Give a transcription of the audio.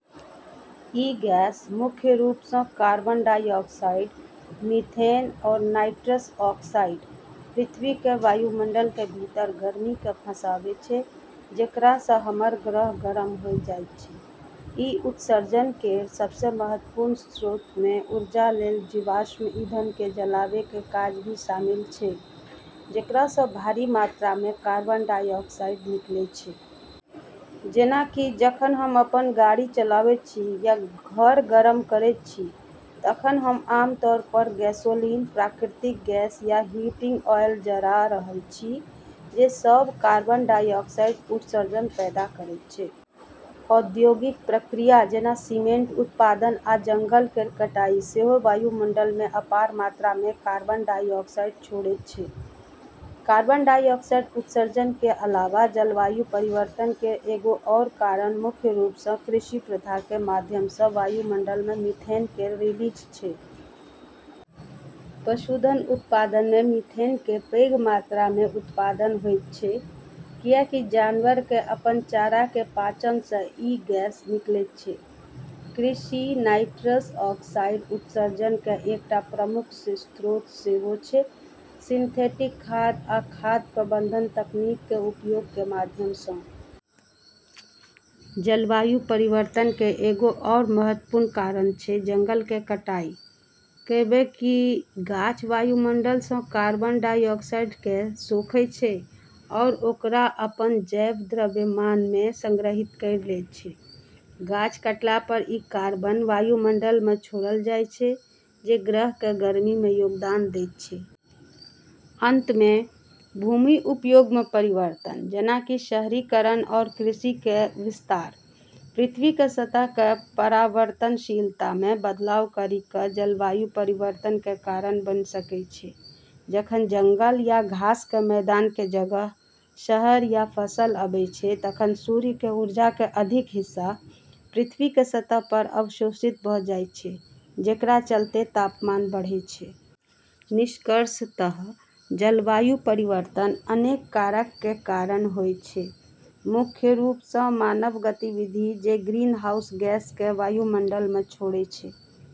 ई gas, मुख्य रूप सँ कार्बन डाइऑक्साइड, मीथेन आरू नाइट्रस ऑक्साइड, पृथ्वी केर वायुमंडल के भीतर गर्मी केँ फँसाबै छै, जेकरा सँ हमर ग्रह गरम होय जाइत छै। ई उत्सर्जन केर सबसें महत्वपूर्ण स्रोत मे ऊर्जा लेल जीवाश्म ईंधन केँ जलाबै के काज भी शामिल छै, जेकरा सँ भारी मात्रा मे कार्बन डाइऑक्साइड निकलै छै। जेना कि जखन हम अपन गाड़ी चलाबैत छी या घर गरम करैत छी तखन हम आमतौर पर गैसोलीन, प्राकृतिक गैस या हीटिंग ऑयल जरा रहल छी, जे सब कार्बन डाइऑक्साइड उत्सर्जन पैदा करैत अछि। औद्योगिक प्रक्रिया जेना सीमेंट उत्पादन आ जंगल केर कटाई सेहो वायुमंडल मे अपार मात्रा मे कार्बन डाइऑक्साइड छोड़ैत अछि। कार्बन डाइऑक्साइड उत्सर्जन के अलावा जलवायु परिवर्तन केर एगो आरू कारण मुख्य रूप सँ कृषि प्रथा के माध्यम सँ वायुमंडल मे मीथेन केर रिलीज छै। पशुधन उत्पादन मे मीथेन के पैघ मात्रा मे उत्पादन होइत छै, कियाकि जानवर के अपन चारा के पाचन सँ ई गैस निकलैत छै। कृषि नाइट्रस ऑक्साइड उत्सर्जन के एकटा प्रमुख स्रोत सेहो छै, सिंथेटिक खाद आ खाद प्रबंधन तकनीक के उपयोग के माध्यम सँ। जलवायु परिवर्तन केर एगो आरू महत्वपूर्ण कारण छै जंगल के कटाई, कहिबे कि गाछ वायुमंडल सँ कार्बन डाइऑक्साइड केँ सोखै छै आरू ओकरा अपन जैव द्रव्यमान मे संग्रहित करी लै छै। गाछ काटला पर ई कार्बन वायुमंडल मे छोड़ल जाइत अछि, जे ग्रह के गर्मी मे योगदान दैत छै। अंत मे, भूमि उपयोग मे परिवर्तन, जेना कि शहरीकरण आरू कृषि के विस्तार, पृथ्वी के सतह के परावर्तनशीलता मे बदलाव करी कऽ जलवायु परिवर्तन के कारण बनी सकै छै। जखन जंगल या घास के मैदान के जगह शहर या फसल आबै छै तखन सूर्य के ऊर्जा के अधिक हिस्सा पृथ्वी के सतह पर अवशोषित भऽ जाइत छै, जेकरा चलते तापमान बढ़ै छै। निष्कर्षतः जलवायु परिवर्तन अनेक कारक के कारण होय छै, मुख्य रूप सँ मानव गतिविधि जे ग्रीनहाउस गैस केँ वायुमंडल मे छोड़ै छै।